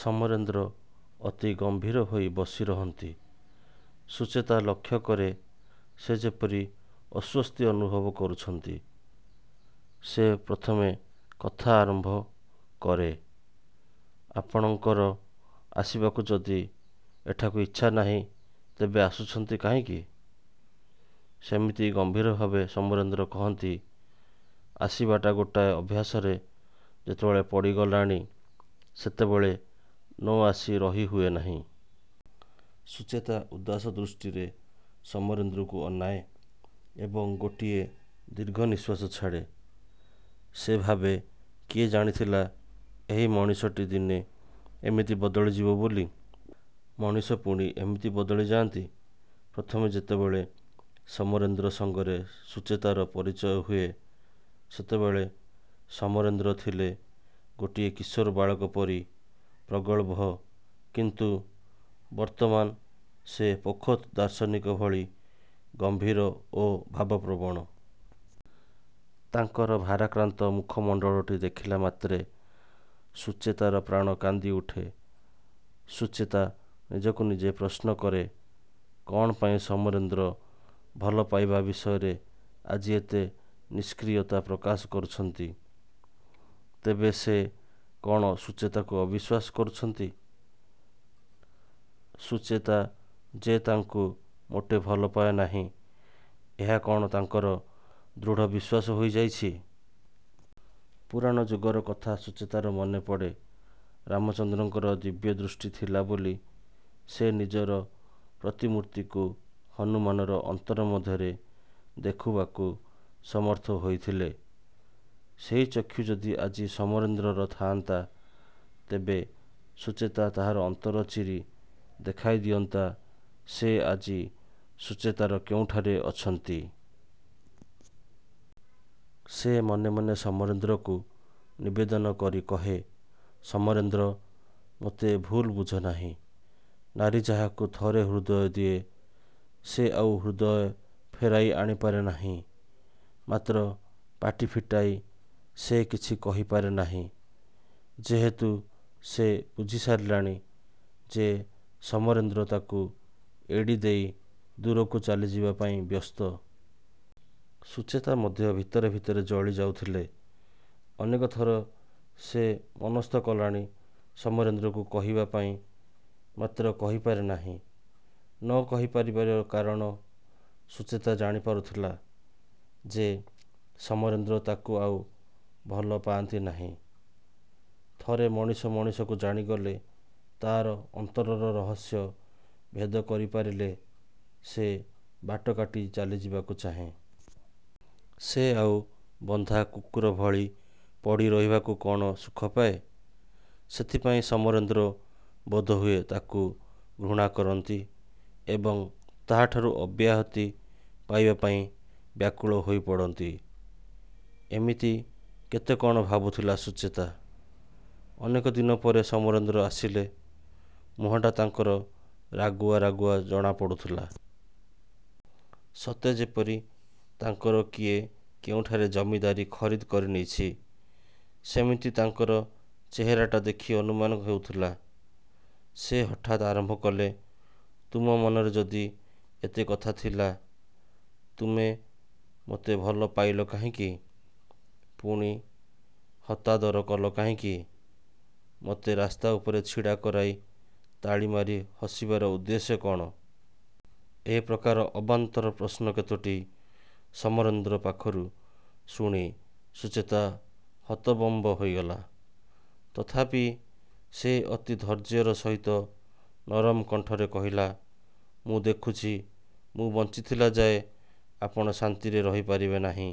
ସମରେନ୍ଦ୍ର ଅତି ଗମ୍ଭୀର ହୋଇ ବସିରହନ୍ତି। ସୁଚେତା ଲକ୍ଷ୍ୟ କରେ ସେ ଯେପରି ଅସ୍ୱସ୍ତି ଅନୁଭବ କରୁଛନ୍ତି। ସେ ପ୍ରଥମେ କଥା ଆରମ୍ଭ କରେ ''ଆପଣଙ୍କର ଆସିବାକୁ ଯଦି ଏଠାକୁ ଇଚ୍ଛା ନାହିଁ ତେବେ ଆସୁଛନ୍ତି କାହିଁକି? '' ସେମିତି ଗମ୍ଭୀର ଭାବେ ସମରେନ୍ଦ୍ର କହନ୍ତି ''ଆସିବାଟା ଗୋଟାଏ ଅଭ୍ୟାସରେ ଯେତେବେଳେ ପଡ଼ିଗଲାଣି ସେତେବେଳେ ନ ଆସି ରହି ହୁଏ ନାହିଁ। '' ସୁଚେତା ଉଦାସ ଦୃଷ୍ଟିରେ ସମରେନ୍ଦ୍ରକୁ ଅନାଏ; ଏବଂ ଗୋଟିଏ ଦୀର୍ଘ ନିଶ୍ୱାସ ଛାଡ଼େ। ସେ ଭାବେ କିଏ ଜାଣିଥିଲା ଏହି ମଣିଷଟି ଦିନେ ଏମିତି ବଦଳିଯିବ ବୋଲି। ମଣିଷ ପୁଣି ଏମିତି ବଦଳି ଯାଆନ୍ତି? ପ୍ରଥମେ ଯେତେବେଳେ ସମରେନ୍ଦ୍ର ସଙ୍ଗରେ ସୁଚେତାର ପରିଚୟ ହୁଏ ସେତେବେଳେ ସମରେନ୍ଦ୍ର ଥିଲେ ଗୋଟିଏ କିଶୋର ବାଳକ ପରି ପ୍ରଗଳ୍ଭ କିନ୍ତୁ ବର୍ତ୍ତମାନ ସେ ପୋଖତ୍ ଦାର୍ଶନିକ ଭଳି ଗମ୍ଭୀର ଓ ଭାବପ୍ରବଣ। ତାଙ୍କର ଭାରାକ୍ରାନ୍ତ ମୁଖମଣ୍ଡଳଟି ଦେଖିଲା ମାତ୍ରେ ସୁଚେତାର ପ୍ରାଣ କାନ୍ଦିଉଠେ। ସୁଚେତା ନିଜକୁ ନିଜେ ପ୍ରଶ୍ନ କରେ କ'ଣ ପାଇଁ ସମରେନ୍ଦ୍ର ଭଲ ପାଇବା ବିଷୟରେ ଆଜି ଏତେ ନିଷ୍କ୍ରିୟତା ପ୍ରକାଶ କରୁଛନ୍ତି? ତେବେ ସେ କ'ଣ ସୁଚେତାକୁ ଅବିଶ୍ୱାସ କରୁଛନ୍ତି? ସୁଚେତା ଯେ ତାଙ୍କୁ ମୋଟେ ଭଲପାଏ ନାହିଁ, ଏହା କ'ଣ ତାଙ୍କର ଦୃଢ଼ ବିଶ୍ୱାସ ହୋଇଯାଇଛି। ପୁରାଣ ଯୁଗର କଥା ସୁଚେତାର ମନେପଡ଼େ। ରାମଚନ୍ଦ୍ରଙ୍କର ଦିବ୍ୟ ଦୃଷ୍ଟି ଥିଲାବୋଲି ସେ ନିଜର ପ୍ରତିମୂର୍ତ୍ତିକୁ ହନୁମାନର ଅନ୍ତର ମଧ୍ୟରେ ଦେଖୁବାକୁ ସମର୍ଥ ହୋଇଥିଲେ। ସେହି ଚକ୍ଷୁ ଯଦି ଆଜି ସମରେନ୍ଦ୍ରର ଥାଆନ୍ତା ତେବେ ସୁଚେତା ତାହାର ଅନ୍ତର ଚିରି ଦେଖାଇ ଦିଅନ୍ତା ସେ ଆଜି ସୁଚେତାର କେଉଁଠାରେ ଅଛନ୍ତି। ସେ ମନେମନେ ସମରେନ୍ଦ୍ରକୁ ନିବେଦନ କରି କହେ ସମରେନ୍ଦ୍ର! ମୋତେ ଭୁଲ ବୁଝନାହିଁ। ନାରୀ ଯାହାକୁ ଥରେ ହୃଦୟ ଦିଏ ସେ ଆଉ ହୃଦୟ ଫେରାଇ ଆଣିପାରେ ନାହିଁ। ମାତ୍ର ପାଟି ଫିଟାଇ ସେ କିଛି କହିପାରେ ନାହିଁ, ଯେହେତୁ ସେ ବୁଝିସାରିଲାଣି ଯେ ସମରେନ୍ଦ୍ର ତାକୁ ଏଡ଼ିଦେଇ ଦୂରକୁ ଚାଲିଯିବା ପାଇଁ ବ୍ୟସ୍ତ। ସୁଚେତା ମଧ୍ୟ ଭିତରେ ଭିତରେ ଜଳି ଯାଉଥିଲେ। ଅନେକ ଥର ସେ ମନସ୍ଥ କଲାଣି ସମରେନ୍ଦ୍ରକୁ କହିବା ପାଇଁ ମାତ୍ର କହିପାରେ ନାହିଁ। ନ କହିପାରିବାର କାରଣ ସୁଚେତା ଜାଣି ପାରୁଥିଲା ଯେ ସମରେନ୍ଦ୍ର ତାକୁ ଆଉ ଭଲ ପାଆନ୍ତି ନାହିଁ। ଥରେ ମଣିଷ ମଣିଷକୁ ଜାଣିଗଲେ, ତା'ର ଅନ୍ତରର ରହସ୍ୟ ଭେଦ କରିପାରିଲେ ସେ ବାଟକାଟି ଚାଲିଯିବାକୁ ଚାହେଁ। ସେ ଆଉ ବନ୍ଧା କୁକୁର ଭଳି ପଡ଼ିରହିବାକୁ କ'ଣ ସୁଖପାଏ? ସେଥିପାଇଁ ସମରେନ୍ଦ୍ର ବୋଧହୁଏ ତାକୁ ଘୃଣା କରନ୍ତି ଏବଂ ତାହାଠାରୁ ଅବ୍ୟାହତି ପାଇବା ପାଇଁ ବ୍ୟାକୁଳ ହୋଇପଡ଼ନ୍ତି। ଏମିତି କେତେ କ'ଣ ଭାବୁଥିଲା ସୁଚେତା। ଅନେକ ଦିନପରେ ସମରେନ୍ଦ୍ର ଆସିଲେ। ମୁହଁଟା ତାଙ୍କର ରାଗୁଆ ରାଗୁଆ ଜଣାପଡ଼ୁଥିଲା। ସତେଯେପରି ତାଙ୍କର କିଏ କେଉଁଠାରେ ଜମିଦାରୀ ଖରିଦ୍ କରିନେଇଛି, ସେମିତି ତାଙ୍କର ଚେହେରାଟା ଦେଖି ଅନୁମାନ ହେଉଥିଲା। ସେ ହଠାତ୍ ଆରମ୍ଭ କଲେ ''ତୁମ ମନରେ ଯଦି ଏତେକଥା ଥିଲା ତୁମେ ମୋତେ ଭଲ ପାଇଲ କାହିଁକି? ପୁଣି ହତାଦର କଲ କାହିଁକି? ମୋତେ ରାସ୍ତା ଉପରେ ଛିଡ଼ା କରାଇ ତାଳିମାରି ହସିବାର ଉଦ୍ଦେଶ୍ୟ କ'ଣ? '' ଏ ପ୍ରକାର ଅବାନ୍ତର ପ୍ରଶ୍ନ କେତୋଟି ସମରେନ୍ଦ୍ର ପାଖରୁ ଶୁଣି ସୁଚେତା ହତବମ୍ୱ ହୋଇଗଲା। ତଥାପି ସେ ଅତି ଧୈର୍ଯ୍ୟର ସହିତ ନରମ କଣ୍ଠରେ କହିଲା ''ମୁଁ ଦେଖୁଛି ମୁଁ ବଞ୍ଚିଥିଲା ଯାଏ ଆପଣ ଶାନ୍ତିରେ ରହିପାରିବେ ନାହିଁ।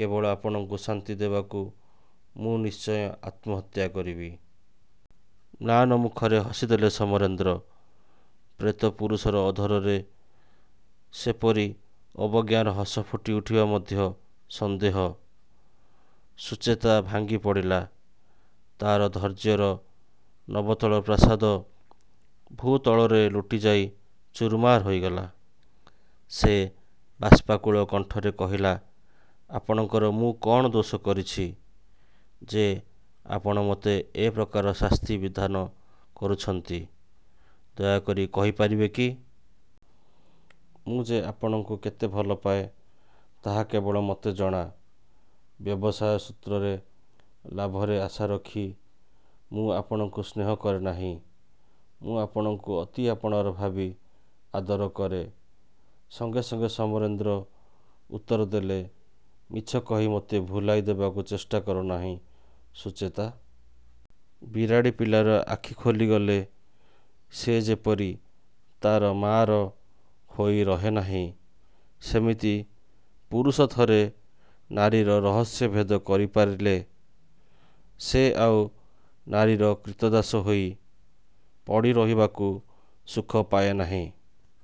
କେବଳ ଆପଣଙ୍କୁ ଶାନ୍ତି ଦେବାକୁ ମୁଁ ନିଶ୍ଚୟ ଆତ୍ମହତ୍ୟା କରିବି। '' ମ୍ଳାନ ମୁଖରେ ହସିଦେଲେ ସମରେନ୍ଦ୍ର। ପ୍ରେତ ପୁରୁଷର ଅଧରରେ ସେପରି ଅବଜ୍ଞାର ହସ ଫୁଟିଉଠିବା ମଧ୍ୟ ସନ୍ଦେହ। ସୁଚେତା ଭାଙ୍ଗିପଡ଼ିଲା। ତା'ର ଧୈର୍ଯ୍ୟର ନବତଳ ପ୍ରାସାଦ ଭୂତଳରେ ଲୋଟିଯାଇ ଚୂରମାର ହୋଇଗଲା। ସେ ବାଷ୍ପାକୁଳ କଣ୍ଠରେ କହିଲା ''ଆପଣଙ୍କର ମୁଁ କ'ଣ ଦୋଷ କରିଛି ଯେ ଆପଣ ମୋତେ ଏ ପ୍ରକାର ଶାସ୍ତି ବିଧାନ କରୁଛନ୍ତି, ଦୟାକରି କହି ପାରିବେ କି? ମୁଁ ଯେ ଆପଣଙ୍କୁ କେତେ ଭଲପାଏ ତାହା କେବଳ ମୋତେ ଜଣା। ବ୍ୟବସାୟ ସୂତ୍ରରେ ଲାଭରେ ଆଶାରଖି ମୁଁ ଆପଣଙ୍କୁ ସ୍ନେହ କରେନାହିଁ, ମୁଁ ଆପଣଙ୍କୁ ଅତି ଆପଣାର ଭାବି ଆଦର କରେ। '' ସଙ୍ଗେ ସଙ୍ଗେ ସମରେନ୍ଦ୍ର ଉତ୍ତରଦେଲେ ''ମିଛ କହି ମୋତେ ଭୁଲାଇ ଦେବାକୁ ଚେଷ୍ଟା କରନାହିଁ ସୁଚେତା। ବିରାଡ଼ି ପିଲାର ଆଖି ଖୋଲିଗଲେ ସେ ଯେପରି ତା'ର ମାଆର ହୋଇ ରହେନାହିଁ ସେମିତି ପୁରୁଷ ଥରେ ନାରୀର ରହସ୍ୟ ଭେଦ କରିପାରିଲେ ସେ ଆଉ ନାରୀର କ୍ରୀତଦାସ ହୋଇ ପଡ଼ିରହିବାକୁ ସୁଖ ପାଏ ନାହିଁ।